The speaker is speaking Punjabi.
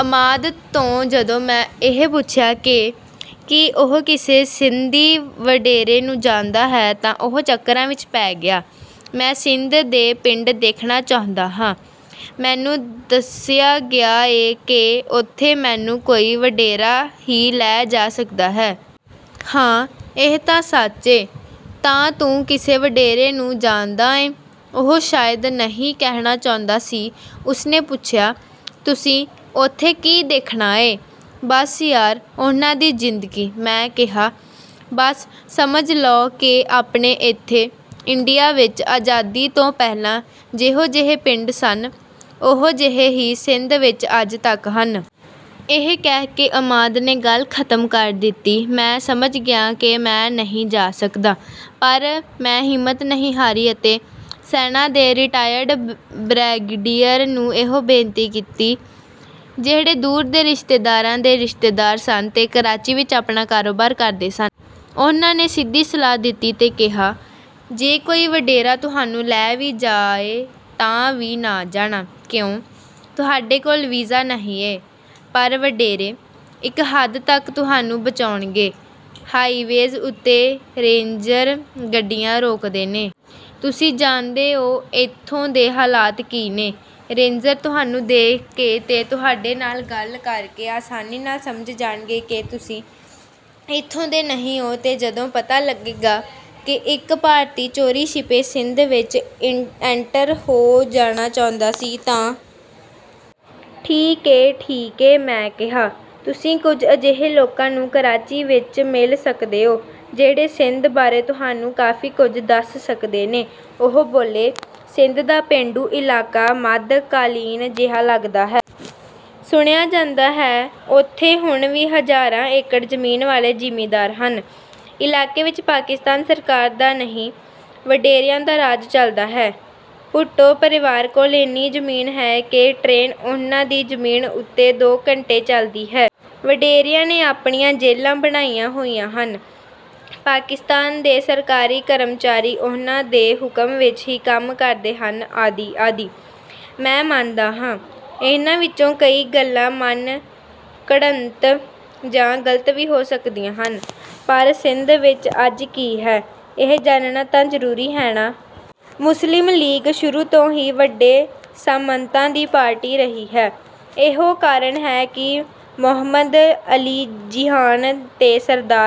ਅਮਾਦ ਤੋਂ ਜਦੋਂ ਮੈਂ ਇਹ ਪੁੱਛਿਆ ਕਿ ਕੀ ਉਹ ਕਿਸੇ ਸਿੰਧੀ ਵਡੇਰੇ ਨੂੰ ਜਾਣਦਾ ਹੈ ਤਾਂ ਉਹ ਚੱਕਰਾਂ ਵਿਚ ਪੈ ਗਿਆ। “ਮੈਂ ਸਿੰਧ ਦੇ ਪਿੰਡ ਦੇਖਣਾ ਚਾਹੁੰਦਾ ਆਂ। ਮੈਨੂੰ ਦੱਸਿਆ ਗਿਆ ਏ ਕਿ ਉੱਥੇ ਮੈਨੂੰ ਕੋਈ ਵਡੇਰਾ ਹੀ ਲੈ ਜਾ ਸਕਦਾ ਹੈ।” “ਹਾਂ, ਇਹ ਤਾਂ ਸੱਚ ਏ।” “ਤਾਂ ਤੂੰ ਕਿਸੇ ਵਡੇਰੇ ਨੂੰ ਜਾਣਦਾ ਏਂ?” ਉਹ ਸ਼ਾਇਦ ‘ਨਹੀਂ’ ਕਹਿਣਾ ਚਾਹੁੰਦਾ ਸੀ। ਉਸਨੇ ਪੁੱਛਿਆ, “ਤੁਸੀਂ ਉੱਥੇ ਕੀ ਦੇਖਣਾ ਏਂ?” “ਬਸ ਯਾਰ, ਉਹਨਾਂ ਦੀ ਜ਼ਿੰਦਗੀ।” ਮੈਂ ਕਿਹਾ। “ਬਸ ਸਮਝ ਲਓ ਕਿ ਆਪਣੇ ਇੱਥੇ, ਇੰਡੀਆ ਵਿਚ ਆਜ਼ਾਦੀ ਤੋਂ ਪਹਿਲਾਂ ਜਿਹੋ-ਜਿਹੇ ਪਿੰਡ ਸਨ, ਓਹੋ-ਜਿਹੇ ਹੀ ਸਿੰਧ ਵਿਚ ਅੱਜ ਤੱਕ ਹਨ।” ਇਹ ਕਹਿ ਕੇ ਅਮਾਦ ਨੇ ਗੱਲ ਖਤਮ ਕਰ ਦਿੱਤੀ। ਮੈਂ ਸਮਝ ਗਿਆ ਕਿ ਮੈਂ ਨਹੀਂ ਜਾ ਸਕਦਾ, ਪਰ ਮੈਂ ਹਿੰਮਤ ਨਹੀਂ ਹਾਰੀ ਅਤੇ ਸੈਨਾ ਦੇ ਰਿਟਾਇਰਡ ਬ੍ਰਿਗੇਡੀਅਰ ਨੂੰ ਇਹੋ ਬੇਨਤੀ ਕੀਤੀ, ਜਿਹੜੇ ਦੂਰ ਦੇ ਰਿਸ਼ਤੇਦਾਰਾਂ ਦੇ ਰਿਸ਼ਤੇਦਾਰ ਸਨ ਤੇ ਕਰਾਚੀ ਵਿਚ ਆਪਣਾ ਕਾਰੋਬਾਰ ਕਰਦੇ ਸਨ। ਉਹਨਾਂ ਨੇ ਸਿੱਧੀ ਸਲਾਹ ਦਿੱਤੀ ਤੇ ਕਿਹਾ, “ਜੇ ਕੋਈ ਵਡੇਰਾ ਤੁਹਾਨੂੰ ਲੈ ਵੀ ਜਾਏ ਤਾਂ ਵੀ ਨਾ ਜਾਣਾ।” “ਕਿਉਂ?” “ਤੁਹਾਡੇ ਕੋਲ ਵੀਜ਼ਾ ਨਹੀਂ ਏ।” “ਪਰ ਵਡੇਰੇ...” “ਇਕ ਹੱਦ ਤਕ ਤੁਹਾਨੂੰ ਬਚਾਉਣਗੇ... ਹਾਈਵੇਜ਼ ਉੱਤੇ ਰੇਂਜਰ ਗੱਡੀਆਂ ਰੋਕਦੇ ਨੇ... ਤੁਸੀਂ ਜਾਣਦੇ ਓ ਇੱਥੋਂ ਦੇ ਹਾਲਾਤ ਕੀ ਨੇ... ਰੇਂਜਰ ਤੁਹਾਨੂੰ ਦੇਖ ਕੇ ਤੇ ਤੁਹਾਡੇ ਨਾਲ ਗੱਲ ਕਰਕੇ ਆਸਾਨੀ ਨਾਲ ਸਮਝ ਜਾਣਗੇ ਕਿ ਤੁਸੀਂ ਇੱਥੋਂ ਦੇ ਨਹੀਂ ਓ ਤੇ ਜਦੋਂ ਪਤਾ ਲੱਗੇਗਾ ਕਿ ਇਕ ‘ਭਾਰਤੀ’ ਚੋਰੀ-ਛਿੱਪੇ ਸਿੰਧ ਵਿਚ ਇੰਟਰ ਹੋ ਜਾਣਾ ਚਾਹੁੰਦਾ ਸੀ ਤਾਂ...।” “ਠੀਕ ਏ... ਠੀਕ ਏ...” ਮੈਂ ਕਿਹਾ। “ਤੁਸੀਂ ਕੁਝ ਅਜਿਹੇ ਲੋਕਾਂ ਨੂੰ ਕਰਾਚੀ ਵਿਚ ਮਿਲ ਸਕਦੇ ਓ, ਜਿਹੜੇ ਸਿੰਧ ਬਾਰੇ ਤੁਹਾਨੂੰ ਕਾਫ਼ੀ ਕੁਝ ਦੱਸ ਸਕਦੇ ਨੇ।” ਉਹ ਬੋਲੇ। ਸਿੰਧ ਦਾ ਪੇਂਡੂ ਇਲਾਕਾ ਮੱਧ-ਕਾਲੀਨ ਜਿਹਾ ਲੱਗਦਾ ਹੈ। ਸੁਣਿਆ ਜਾਂਦਾ ਹੈ, ਉੱਥੇ ਹੁਣ ਵੀ ਹਜ਼ਾਰਾਂ ਏਕੜ ਜ਼ਮੀਨ ਵਾਲੇ ਜ਼ਿਮੀਂਦਾਰ ਹਨ। ਇਲਾਕੇ ਵਿਚ ਪਾਕਿਸਤਾਨ ਸਰਕਾਰ ਦਾ ਨਹੀਂ, ਵਡੇਰਿਆਂ ਦਾ ਰਾਜ ਚੱਲਦਾ ਹੈ। ਭੁੱਟੋ ਪਰਿਵਾਰ ਕੋਲ ਇੰਨੀ ਜ਼ਮੀਨ ਹੈ ਕਿ ਟਰੇਨ ਉਹਨਾਂ ਦੀ ਜ਼ਮੀਨ ਉੱਤੇ ਦੋ ਘੰਟੇ ਚੱਲਦੀ ਹੈ। ਵਡੇਰਿਆਂ ਨੇ ਆਪਣੀਆਂ ਜੇਲ੍ਹਾਂ ਬਣਾਈਆਂ ਹੋਈਆਂ ਹਨ। ਪਾਕਿਸਤਾਨ ਦੇ ਸਰਕਾਰੀ ਕਰਮਚਾਰੀ ਉਹਨਾਂ ਦੇ ਹੁਕਮ ਵਿਚ ਹੀ ਕੰਮ ਕਰਦੇ ਹਨ ਆਦਿ-ਆਦਿ। ਮੈਂ ਮੰਨਦਾ ਹਾਂ, ਇਹਨਾਂ ਵਿਚੋਂ ਕਈ ਗੱਲਾਂ ਮਨਘੜੰਤ ਜਾਂ ਗ਼ਲਤ ਵੀ ਹੋ ਸਕਦੀਆਂ ਹਨ, ਪਰ ਸਿੰਧ ਵਿਚ ਅੱਜ ਕੀ ਹੈ, ਇਹ ਜਾਣਨਾ ਤਾਂ ਜ਼ਰੂਰੀ ਹੈ ਨਾ। ਮੁਸਲਿਮ ਲੀਗ ਸ਼ੁਰੂ ਤੋਂ ਹੀ ਵੱਡੇ ਸਾਮੰਤਾਂ ਦੀ ਪਾਰਟੀ ਰਹੀ ਹੈ। ਇਹੋ ਕਾਰਨ ਹੈ ਕਿ ਮੁਹੰਮਦ ਅਲੀ ਜਿਨਾਹ ਤੇ ਸਰਦਾਰ...